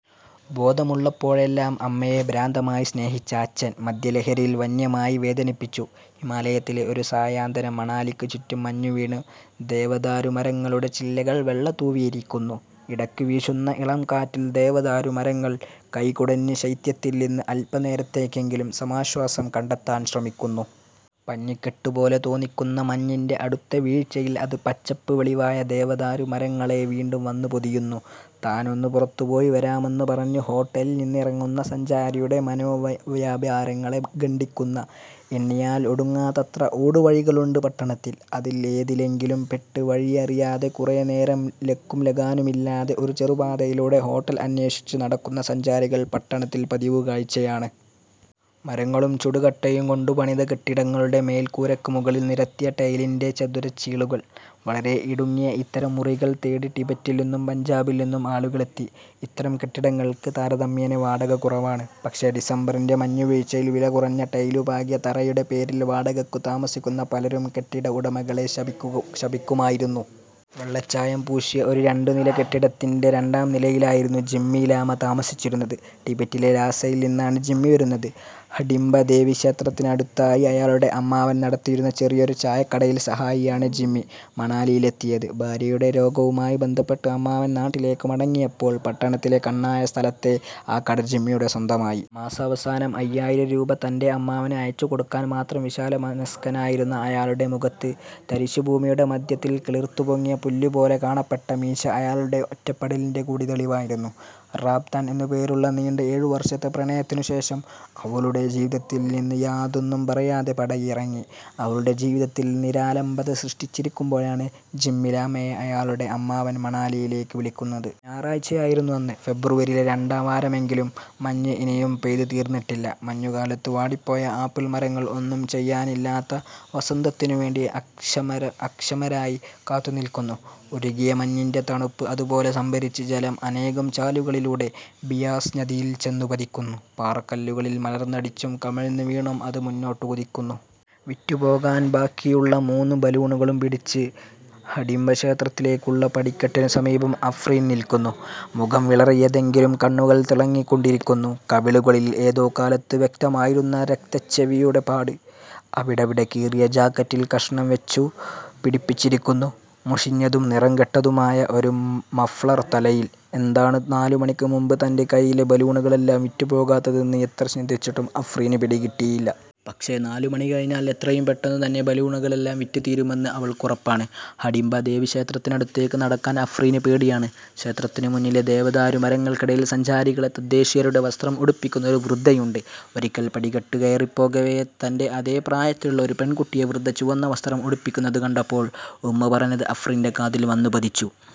'ബോധമുള്ളപ്പോഴെല്ലാം അമ്മയെ ഭ്രാന്തമായി സ്നേഹിച്ച അച്ഛൻ, മദ്യലഹരിയിൽ വന്യമായി വേദനിപ്പിച്ചു... ' ഹിമാലയത്തിലെ ഒരു സായന്തനം മണാലിക്കു ചുറ്റും മഞ്ഞുവീണ് ദേവദാരു മരങ്ങളുടെ ചില്ലകൾ വെള്ള തൂവിയിരിക്കുന്നു. ഇടയ്ക്കു വീശുന്ന ഇളംകാറ്റിൽ ദേവദാരു മരങ്ങൾ കൈ കുടഞ്ഞ് ശൈത്യത്തിൽ നിന്ന് അല്പനേരത്തേക്കെങ്കിലും സമാശ്വാസം കണ്ടെത്താൻ ശ്രമിക്കുന്നു. പഞ്ഞിക്കെട്ടുപോലെ തോന്നിക്കുന്ന മഞ്ഞിന്റെ അടുത്ത വീഴ്ചയിൽ അത് പച്ചപ്പ് വെളിവായ ദേവദാരു മരങ്ങളെ വീണ്ടും വന്നുപൊതിയുന്നു. താൻ ഒന്നു പുറത്തുപോയി വരാമെന്നു പറഞ്ഞ് ഹോട്ടലിൽ നിന്നിറങ്ങുന്ന സഞ്ചാരിയുടെ മനോവ്യാപാരങ്ങളെ ഖണ്ഡിക്കുന്ന എണ്ണിയാൽ ഒടുങ്ങാത്തത്ര ഊടുവഴികളുണ്ട് പട്ടണത്തിൽ. അതിൽ ഏതിലെങ്കിലും പെട്ട് വഴിയറിയാതെ കുറേ നേരം ലക്കുംലഗാനുമില്ലാതെ ഒരു ചെറുപാതയിലൂടെ ഹോട്ടൽ അന്വേഷിച്ചു നടക്കുന്ന സഞ്ചാരികൾ പട്ടണത്തിൽ പതിവുകാഴ്ചയാണ്. മരങ്ങളും ചുടുകട്ടയും കൊണ്ടുപണിത കെട്ടിടങ്ങളുടെ മേൽക്കൂരയ്ക്കു മുകളിൽ നിരത്തിയ ടൈലിന്റെ ചതുരച്ചീളുകൾ. വളരെ ഇടുങ്ങിയ ഇത്തരം മുറികൾ തേടി ടിബറ്റിൽ നിന്നും പഞ്ചാബിൽ നിന്നും ആളുകളെത്തി. ഇത്തരം കെട്ടിടങ്ങൾക്ക് താരതമ്യേന വാടക കുറവാണ്. പക്ഷേ ഡിസംബറിന്റെ മഞ്ഞുവീഴ്ചയിൽ വിലകുറഞ്ഞ ടൈലു പാകിയ തറയുടെ പേരിൽ വാടകയ്ക്കു താമസിക്കുന്ന പലരും കെട്ടിട ഉടമകളെ ശപിക്കുമായിരുന്നു. വെള്ളച്ചായം പൂശിയ ഒരു രണ്ടുനില കെട്ടിടത്തിന്റെ രണ്ടാംനിലയിലായിരുന്നു ജിമ്മി ലാമ താമസിച്ചിരുന്നത്. ടിബറ്റിലെ ലാസയിൽ നിന്നാണ് ജിമ്മി വരുന്നത്. ഹഡിംബ ദേവി ക്ഷേത്രത്തിനടുത്തായി അയാളുടെ അമ്മാവൻ നടത്തിയിരുന്ന ചെറിയൊരു ചായക്കടയിൽ സഹായിയാണ് ജിമ്മി മണാലിയിലെത്തിയത്. ഭാര്യയുടെ രോഗവുമായി ബന്ധപ്പെട്ട് അമ്മാവൻ നാട്ടിലേക്കു മടങ്ങിയപ്പോൾ പട്ടണത്തിലെ കണ്ണായ സ്ഥലത്തെ ആ കട ജിമ്മിയുടെ സ്വന്തമായി. മാസവസാനം അയ്യായിരം രൂപ തന്റെ അമ്മാവന് അയച്ചുകൊടുക്കാൻ മാത്രം വിശാലമനസ്കനായിരുന്ന അയാളുടെ മുഖത്ത്, തരിശുഭൂമിയുടെ മധ്യത്തിൽ കിളിർത്തുപൊങ്ങിയ പുല്ലുപോലെ കാണപ്പെട്ട മീശ അയാളുടെ ഒറ്റപ്പെടലിന്റെ കൂടി തെളിവായിരുന്നു. റാബ്തൻ എന്നുപേരുള്ള നീണ്ട എഴുവർഷത്തെ പ്രണയത്തിനുശേഷം അവളുടെ ജീവിതത്തിൽ നിന്ന് യാതൊന്നും പറയാതെ പടിയിറങ്ങി, അവളുടെ ജീവിതത്തിൽ നിരാലംബത സൃഷ്ടിച്ചിരിക്കുമ്പോഴാണ് ജിമ്മി ലാമയെ അയാളുടെ അമ്മാവൻ മണാലിയിലേക്ക് വിളിക്കുന്നത്. ഞായറാഴ്ചയായിരുന്നു അന്ന്. ഫെബ്രുവരിയിലെ രണ്ടാം വാരമെങ്കിലും മഞ്ഞ് ഇനിയും പെയ്തുതീർന്നിട്ടില്ല. മഞ്ഞുകാലത്ത് വാടിപ്പോയ ആപ്പിൾ മരങ്ങൾ ഒന്നും ചെയ്യാനില്ലാത്ത വസന്തത്തിനുവേണ്ടി അക്ഷമരായി കാത്തുനില്ക്കുന്നു. ഉരുകിയ മഞ്ഞിന്റെ തണുപ്പ് അതുപോലെ സംഭരിച്ച് ജലം അനേകം ചാലുകളിലൂടെ ബിയാസ് നദിയിൽ ചെന്നുപതിക്കുന്നു. പാറക്കല്ലുകളിൽ മലർന്നടിച്ചും കമിഴ്ന്നുവീണും അത് മുന്നോട്ടുകുതിക്കുന്നു. വിറ്റുപോകാൻ ബാക്കിയുള്ള മൂന്നു ബലൂണുകളും പിടിച്ച് ഹഡിംബ ക്ഷേത്രത്തിലേക്കുള്ള പടിക്കെട്ടിനു സമീപം അഫ്രീൻ നില്ക്കുന്നു. മുഖം വിളറിയതെങ്കിലും കണ്ണുകൾ തിളങ്ങികൊണ്ടിരിക്കുന്നു. കവിളുകളിൽ ഏതോ കാലത്ത് വ്യക്തമായിരുന്ന രക്തച്ഛവിയുടെ പാട്. അവിടവിടെ കീറിയ ജാക്കറ്റിൽ കഷ്ണം വച്ചു പിടിപ്പിച്ചിരിക്കുന്നു. മുഷിഞ്ഞതും നിറംകെട്ടതുമായ ഒരു മഫ്ലർ തലയിൽ. എന്താണ് നാലുമണിക്ക് മുമ്പ് തന്റെ കൈയിലെ ബലൂണുകളെല്ലാം വിറ്റുപോകാത്തതെന്ന് എത്ര ചിന്തിച്ചിട്ടും അഫ്രീന് പിടികിട്ടിയില്ല. പക്ഷേ നാലുമണി കഴിഞ്ഞാൽ എത്രയുംപെട്ടെന്നു തന്നെ ബലൂണുകളെല്ലാം വിറ്റുതീരുമെന്ന് അവൾക്ക് ഉറപ്പാണ്. ഹഡിംബ ദേവി ക്ഷേത്രത്തിനടുത്തേക്ക് നടക്കാൻ അഫ്രീന് പേടിയാണ്. ക്ഷേത്രത്തിനു മുന്നിലെ ദേവദാരു മരങ്ങൾക്കിടയിൽ സഞ്ചാരികളെ തദ്ദേശീയരുടെ വസ്ത്രം ഉടുപ്പിക്കുന്ന ഒരു വൃദ്ധയുണ്ട്. ഒരിക്കൽ പടിക്കെട്ടു കയറിപ്പോകവേ തന്റെ അതേ പ്രായത്തിലുള്ള ഒരു പെൺകുട്ടിയെ വൃദ്ധ ചുവന്നവസ്ത്രം ഉടുപ്പിക്കുന്നതു കണ്ടപ്പോൾ ഉമ്മ പറഞ്ഞത് അഫ്രീന്റെ കാതിൽ വന്നുപതിച്ചു.